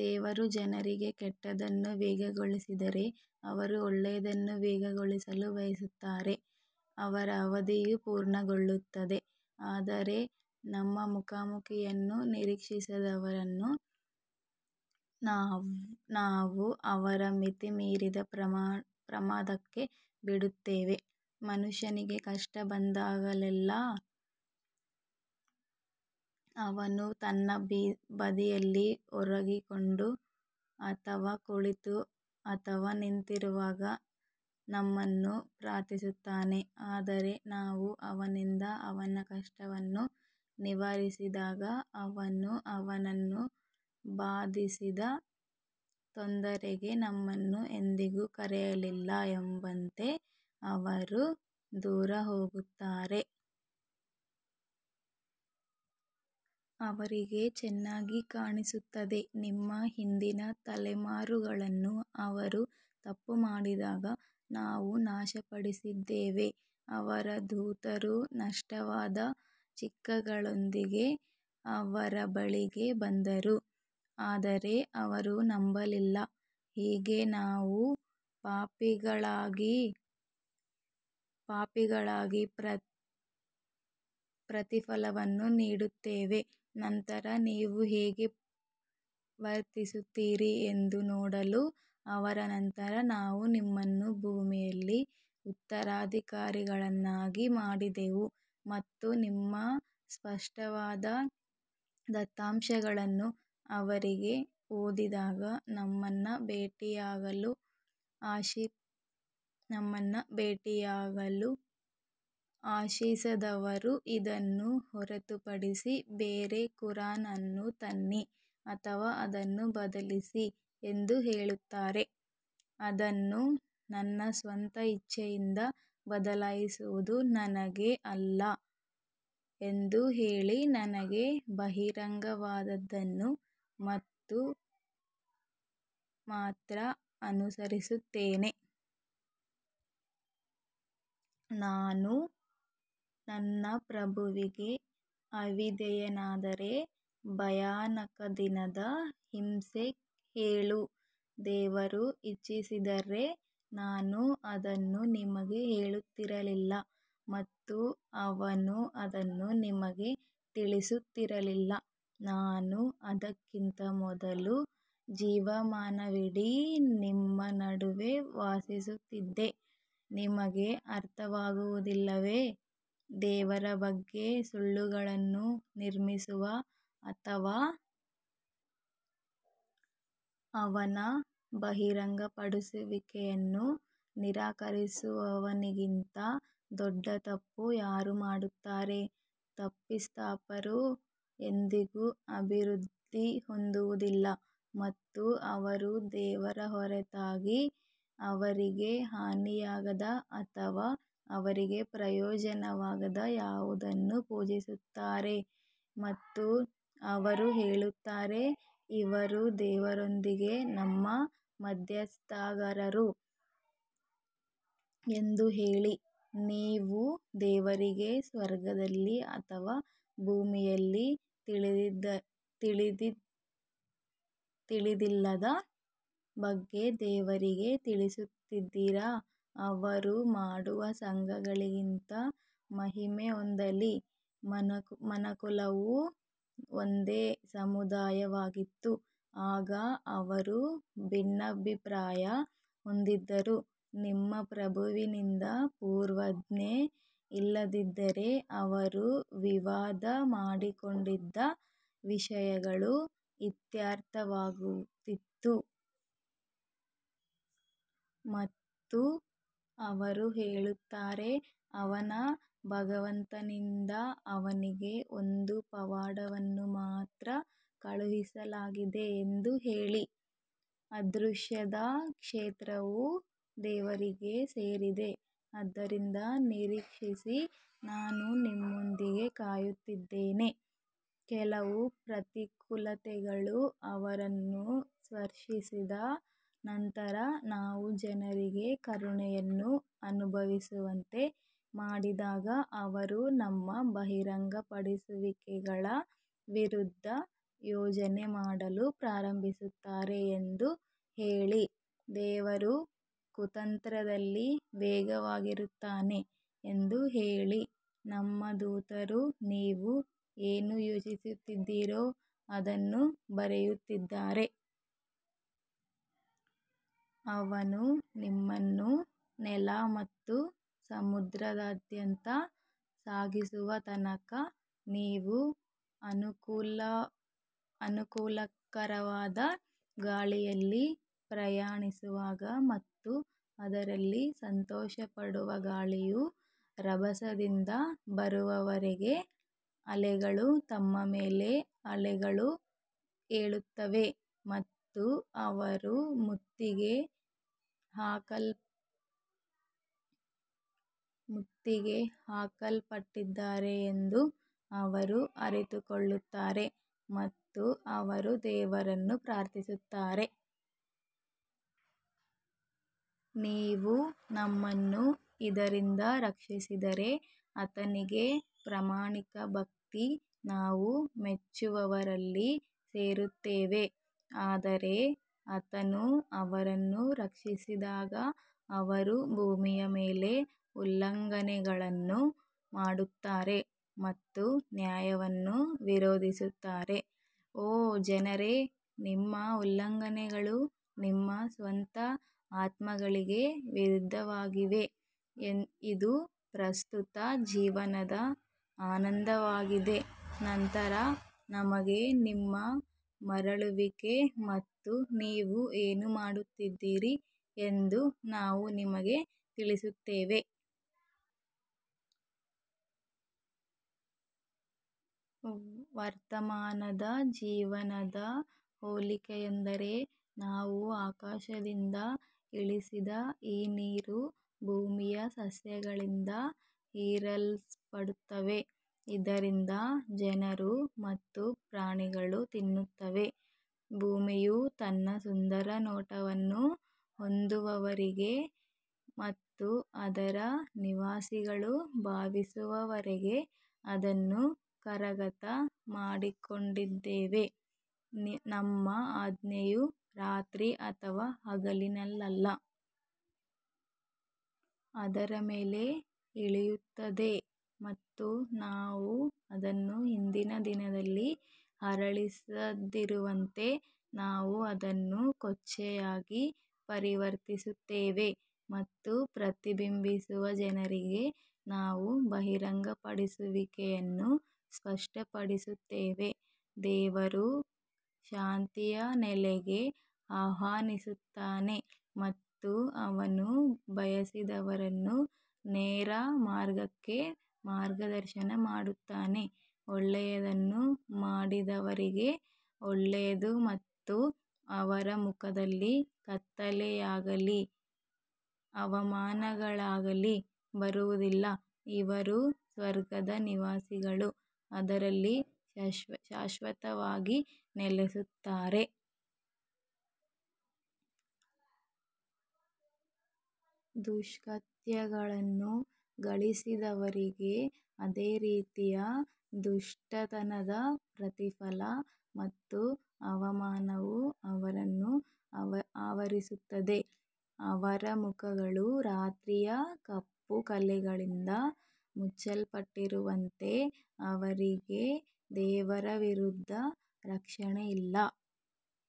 ದೇವರು ಜನರಿಗೆ ಕೆಟ್ಟದ್ದನ್ನು ವೇಗಗೊಳಿಸಿದರೆ ಅವರು ಒಳ್ಳೆಯದನ್ನು ವೇಗಗೊಳಿಸಲು ಬಯಸುತ್ತಾರೆ ಅವರ ಅವಧಿಯು ಪೂರ್ಣಗೊಳ್ಳುತ್ತದೆ ಆದರೆ ನಮ್ಮ ಮುಖಾಮುಖಿಯನ್ನು ನಿರೀಕ್ಷಿಸದವರನ್ನು ನಾವು ಅವರ ಮಿತಿಮೀರಿದ ಪ್ರಮಾದಕ್ಕೆ ಬಿಡುತ್ತೇವೆ. ಮನುಷ್ಯನಿಗೆ ಕಷ್ಟ ಬಂದಾಗಲೆಲ್ಲಾ ಅವನು ತನ್ನ ಬದಿಯಲ್ಲಿ ಒರಗಿಕೊಂಡು ಅಥವಾ ಕುಳಿತು ಅಥವಾ ನಿಂತಿರುವಾಗ ನಮ್ಮನ್ನು ಪ್ರಾರ್ಥಿಸುತ್ತಾನೆ ಆದರೆ ನಾವು ಅವನಿಂದ ಅವನ ಕಷ್ಟವನ್ನು ನಿವಾರಿಸಿದಾಗ ಅವನು ಅವನನ್ನು ಬಾಧಿಸಿದ ತೊಂದರೆಗೆ ನಮ್ಮನ್ನು ಎಂದಿಗೂ ಕರೆಯಲಿಲ್ಲ ಎಂಬಂತೆ ಅವನು ದೂರ ಹೋಗುತ್ತಾನೆ. ಅವರಿಗೆ ಚೆನ್ನಾಗಿ ಕಾಣಿಸುತ್ತದೆ ನಿಮ್ಮ ಹಿಂದಿನ ತಲೆಮಾರುಗಳನ್ನು ಅವರು ತಪ್ಪು ಮಾಡಿದಾಗ ನಾವು ನಾಶಪಡಿಸಿದ್ದೇವೆ ಅವರ ದೂತರು ಸ್ಪಷ್ಟವಾದ ಚಿಹ್ನೆಗಳೊಂದಿಗೆ ಅವರ ಬಳಿಗೆ ಬಂದರು ಆದರೆ ಅವರು ನಂಬಲಿಲ್ಲ ಹೀಗೆ ನಾವು ಪಾಪಿಗಳಿಗೆ ಪ್ರತಿಫಲವನ್ನು ನೀಡುತ್ತೇವೆ. ನಂತರ ನೀವು ಹೇಗೆ ವರ್ತಿಸುತ್ತೀರಿ ಎಂದು ನೋಡಲು ಅವರ ನಂತರ ನಾವು ನಿಮ್ಮನ್ನು ಭೂಮಿಯಲ್ಲಿ ಉತ್ತರಾಧಿಕಾರಿಗಳನ್ನಾಗಿ ಮಾಡಿದೆವು ಮತ್ತು ನಮ್ಮ ಸ್ಪಷ್ಟವಾದ ದತ್ತಾಂಶಗಳನ್ನು ಅವರಿಗೆ ಓದಿದಾಗ, ನಮ್ಮನ್ನು ಭೇಟಿಯಾಗಲು ಆಶಿಸದವರು ಇದನ್ನು ಹೊರತುಪಡಿಸಿ ಬೇರೆ ಕುರಾನ್ ಅನ್ನು ತನ್ನಿ ಅಥವಾ ಅದನ್ನು ಬದಲಿಸಿ ಎಂದು ಹೇಳುತ್ತಾರೆ, ಅದನ್ನು ನನ್ನ ಸ್ವಂತ ಇಚ್ಛೆಯಿಂದ ಬದಲಾಯಿಸುವುದು ನನಗೆ ಅಲ್ಲ ಎಂದು ಹೇಳಿ ನನಗೆ ಬಹಿರಂಗವಾದದ್ದನ್ನು ಮಾತ್ರ ಅನುಸರಿಸುತ್ತೇನೆ. ನಾನು ನನ್ನ ಪ್ರಭುವಿಗೆ ಅವಿಧೇಯನಾದರೆ ಭಯಾನಕ ದಿನದ ಹಿಂಸೆ ಹೇಳು ದೇವರು ಇಚ್ಛಿಸಿದ್ದರೆ ನಾನು ಅದನ್ನು ನಿಮಗೆ ಹೇಳುತ್ತಿರಲಿಲ್ಲ ಮತ್ತು ಅವನು ಅದನ್ನು ನಿಮಗೆ ತಿಳಿಸುತ್ತಿರಲಿಲ್ಲ ನಾನು ಅದಕ್ಕಿಂತ ಮೊದಲು ಜೀವಮಾನವಿಡೀ ನಿಮ್ಮ ನಡುವೆ ವಾಸಿಸುತ್ತಿದ್ದೆ ನಿಮಗೆ ಅರ್ಥವಾಗುತ್ತಿಲ್ಲವೇ? ದೇವರ ಬಗ್ಗೆ ಸುಳ್ಳುಗಳನ್ನು ನಿರ್ಮಿಸುವ ಅಥವಾ ಅವನ ಬಹಿರಂಗಪಡಿಸುವಿಕೆಯನ್ನು ನಿರಾಕರಿಸುವವನಿಗಿಂತ ದೊಡ್ಡ ತಪ್ಪು ಯಾರು ಮಾಡುತ್ತಾರೆ, ತಪ್ಪಿತಸ್ಥರು ಎಂದಿಗೂ ಅಭಿವೃದ್ಧಿ ಹೊಂದುವುದಿಲ್ಲ ಮತ್ತು ಅವರು ದೇವರ ಹೊರತಾಗಿ ಅವರಿಗೆ ಹಾನಿಯಾಗದ ಅಥವಾ ಅವರಿಗೆ ಪ್ರಯೋಜನವಾಗದ ಯಾವುದನ್ನೂ ಪೂಜಿಸುತ್ತಾರೆ ಮತ್ತು ಅವರು ಹೇಳುತ್ತಾರೆ ಇವರು ದೇವರೊಂದಿಗೆ ನಮ್ಮ ಮಧ್ಯಸ್ಥಗಾರರು ಎಂದು ಹೇಳಿ, ನೀವು ದೇವರಿಗೆ ಸ್ವರ್ಗದಲ್ಲಿ ಅಥವಾ ಭೂಮಿಯಲ್ಲಿ ತಿಳಿದಿಲ್ಲದ ಬಗ್ಗೆ ದೇವರಿಗೆ ತಿಳಿಸುತ್ತಿದ್ದೀರಾ ಅವರು ಮಾಡುವ ಸಂಘಗಳಿಗಿಂತ ಮಹಿಮೆ ಹೊಂದಲಿ ಮನುಕುಲವು ಒಂದೇ ಸಮುದಾಯವಾಗಿತ್ತು ಆಗ ಅವರು ಭಿನ್ನಾಭಿಪ್ರಾಯ ಹೊಂದಿದ್ದರು, ನಿಮ್ಮ ಪ್ರಭುವಿನಿಂದ ಪೂರ್ವಾಜ್ಞೆ ಇಲ್ಲದಿದ್ದರೆ ಅವರು ವಿವಾದ ಮಾಡಿಕೊಂಡಿದ್ದ ವಿಷಯಗಳು ಇತ್ಯರ್ಥವಾಗುತ್ತಿತ್ತು. ಮತ್ತು ಅವರು ಹೇಳುತ್ತಾರೆ, ಅವನ ಭಗವಂತನಿಂದ ಅವನಿಗೆ ಒಂದು ಪವಾಡವನ್ನು ಮಾತ್ರ ಕಳುಹಿಸಲಾಗಿದೆ ಎಂದು ಹೇಳಿ, ಅದೃಶ್ಯದ ಕ್ಷೇತ್ರವು ದೇವರಿಗೆ ಸೇರಿದೆ ಆದ್ದರಿಂದ ನಿರೀಕ್ಷಿಸಿ ನಾನು ನಿಮ್ಮೊಂದಿಗೆ ಕಾಯುತ್ತಿದ್ದೇನೆ. ಕೆಲವು ಪ್ರತಿಕೂಲತೆಗಳು ಅವರನ್ನು ಸ್ಪರ್ಶಿಸಿದ ನಂತರ ನಾವು ಜನರಿಗೆ ಕರುಣೆಯನ್ನು ಅನುಭವಿಸುವಂತೆ ಮಾಡಿದಾಗ ಅವರು ನಮ್ಮ ಬಹಿರಂಗಪಡಿಸುವಿಕೆಗಳ ವಿರುದ್ಧ ಯೋಜನೆ ಮಾಡಲು ಪ್ರಾರಂಭಿಸುತ್ತಾರೆ ಎಂದು ಹೇಳಿ, ದೇವರು ಕುತಂತ್ರದಲ್ಲಿ ವೇಗವಾಗಿರುತ್ತಾನೆ ಎಂದು ಹೇಳಿ ನಮ್ಮ ದೂತರು ನೀವು ಏನು ಯೋಜಿಸುತ್ತೀರೋ ಅದನ್ನು ಬರೆಯುತ್ತಿದ್ದಾರೆ. ಅವನು ನಿಮ್ಮನ್ನು ನೆಲ ಮತ್ತು ಸಮುದ್ರದಾದ್ಯಂತ ಸಾಗಿಸುವ ತನಕ, ನೀವು ಅನುಕೂಲಕರವಾದ ಗಾಳಿಯಲ್ಲಿ ಪ್ರಯಾಣಿಸುವಾಗ ಮತ್ತು ಅದರಲ್ಲಿ ಸಂತೋಷಪಡುವ ಗಾಳಿಯು ರಭಸದಿಂದ ಬರುವವರೆಗೆ ಅಲೆಗಳು ತಮ್ಮ ಮೇಲೆ ಅಲೆಗಳು ಏಳುತ್ತವೆ ಮತ್ತು ಅವರು ಮುತ್ತಿಗೆ ಹಾಕಲ್ಪಟ್ಟಿದ್ದಾರೆ ಎಂದು ಅವರು ಅರಿತುಕೊಳ್ಳುತ್ತಾರೆ ಮತ್ತು ಅವರು ದೇವರನ್ನು ಪ್ರಾರ್ಥಿಸುತ್ತಾರೆ. ನೀವು ನಮ್ಮನ್ನು ಇದರಿಂದ ರಕ್ಷಿಸಿದರೆ ಆತನಿಗೆ ಪ್ರಾಮಾಣಿಕ ಭಕ್ತಿ ನಾವು ಮೆಚ್ಚುವವರಲ್ಲಿ ಸೇರುತ್ತೇವೆ ಆದರೆ ಆತನು ಅವರನ್ನು ರಕ್ಷಿಸಿದಾಗ ಅವರು ಭೂಮಿಯ ಮೇಲೆ ಉಲ್ಲಂಘನೆಗಳನ್ನು ಮಾಡುತ್ತಾರೆ ಮತ್ತು ನ್ಯಾಯವನ್ನು ವಿರೋಧಿಸುತ್ತಾರೆ ಓ ಜನರೇ ನಿಮ್ಮ ಉಲ್ಲಂಘನೆಗಳು ನಿಮ್ಮ ಸ್ವಂತ ಆತ್ಮಗಳಿಗೆ ವಿರುದ್ಧವಾಗಿವೆ ಇದು ಪ್ರಸ್ತುತ ಜೀವನದ ಆನಂದವಾಗಿದೆ ನಂತರ ನಮಗೆ ನಿಮ್ಮ ಮರಳುವಿಕೆ ಮತ್ತು ನೀವು ಏನು ಮಾಡುತ್ತಿದ್ದೀರಿ ಎಂದು ನಾವು ನಿಮಗೆ ತಿಳಿಸುತ್ತೇವೆ. ವರ್ತಮಾನದ ಜೀವನದ ಹೋಲಿಕೆಯೆಂದರೆ ನಾವು ಆಕಾಶದಿಂದ ಇಳಿಸಿದ ಈ ನೀರು ಭೂಮಿಯ ಸಸ್ಯಗಳಿಂದ ಹೀರಲ್ಪಡುತ್ತದೆ, ಇದರಿಂದ ಜನರು ಮತ್ತು ಪ್ರಾಣಿಗಳು ತಿನ್ನುತ್ತವೆ, ಭೂಮಿಯು ತನ್ನ ಸುಂದರ ನೋಟವನ್ನು ಹೊಂದುವವರೆಗೆ ಮತ್ತು ಅದರ ನಿವಾಸಿಗಳು ಭಾವಿಸುವವರೆಗೆ ಅದನ್ನು ಕರಗತ ಮಾಡಿಕೊಂಡಿದ್ದೇವೆ ನಮ್ಮ ಆಜ್ಞೆಯು ರಾತ್ರಿ ಅಥವಾ ಹಗಲಿನಲ್ಲಿ ಅದರ ಮೇಲೆ ಇಳಿಯುತ್ತದೆ ಮತ್ತು ನಾವು ಅದನ್ನು ಹಿಂದಿನ ದಿನದಲ್ಲಿ ಅರಳಿಸದಿರುವಂತೆ ನಾವು ಅದನ್ನು ಕೊಚ್ಚೆಯಾಗಿ ಪರಿವರ್ತಿಸುತ್ತೇವೆ ಮತ್ತು ಪ್ರತಿಬಿಂಬಿಸುವ ಜನರಿಗೆ ನಾವು ಬಹಿರಂಗಪಡಿಸುವಿಕೆಯನ್ನು ಸ್ಪಷ್ಟಪಡಿಸುತ್ತೇವೆ ದೇವರು ಶಾಂತಿಯ ನೆಲೆಗೆ ಆಹ್ವಾನಿಸುತ್ತಾನೆ ಮತ್ತು ಅವನು ಬಯಸಿದವರನ್ನು ನೇರ ಮಾರ್ಗಕ್ಕೆ ಮಾರ್ಗದರ್ಶನ ಮಾಡುತ್ತಾನೆ ಒಳ್ಳೆಯದನ್ನು ಮಾಡಿದವರಿಗೆ ಒಳ್ಳೆಯದು ಮತ್ತು ಅವರ ಮುಖದಲ್ಲಿ ಕತ್ತಲೆಯಾಗಲೀ ಅವಮಾನವಾಗಲೀ ಬರುವುದಿಲ್ಲ, ಇವರು ಸ್ವರ್ಗದ ನಿವಾಸಿಗಳು ಅದರಲ್ಲಿ ಶಾಶ್ವತವಾಗಿ ನೆಲೆಸುತ್ತಾರೆ. ದುಷ್ಕೃತ್ಯಗಳನ್ನು ಗಳಿಸಿದವರಿಗೆ ಅದೇ ರೀತಿಯ ದುಷ್ಟತನದ ಪ್ರತಿಫಲ ಮತ್ತು ಅವಮಾನವು ಅವರನ್ನು ಆವರಿಸುತ್ತದೆ, ಅವರ ಮುಖಗಳು ರಾತ್ರಿಯ ಕಪ್ಪು ಕಲೆಗಳಿಂದ ಮುಚ್ಚಲ್ಪಟ್ಟಿರುವಂತೆ ಅವರಿಗೆ ದೇವರ ವಿರುದ್ಧ ರಕ್ಷಣೆಯಿಲ್ಲ..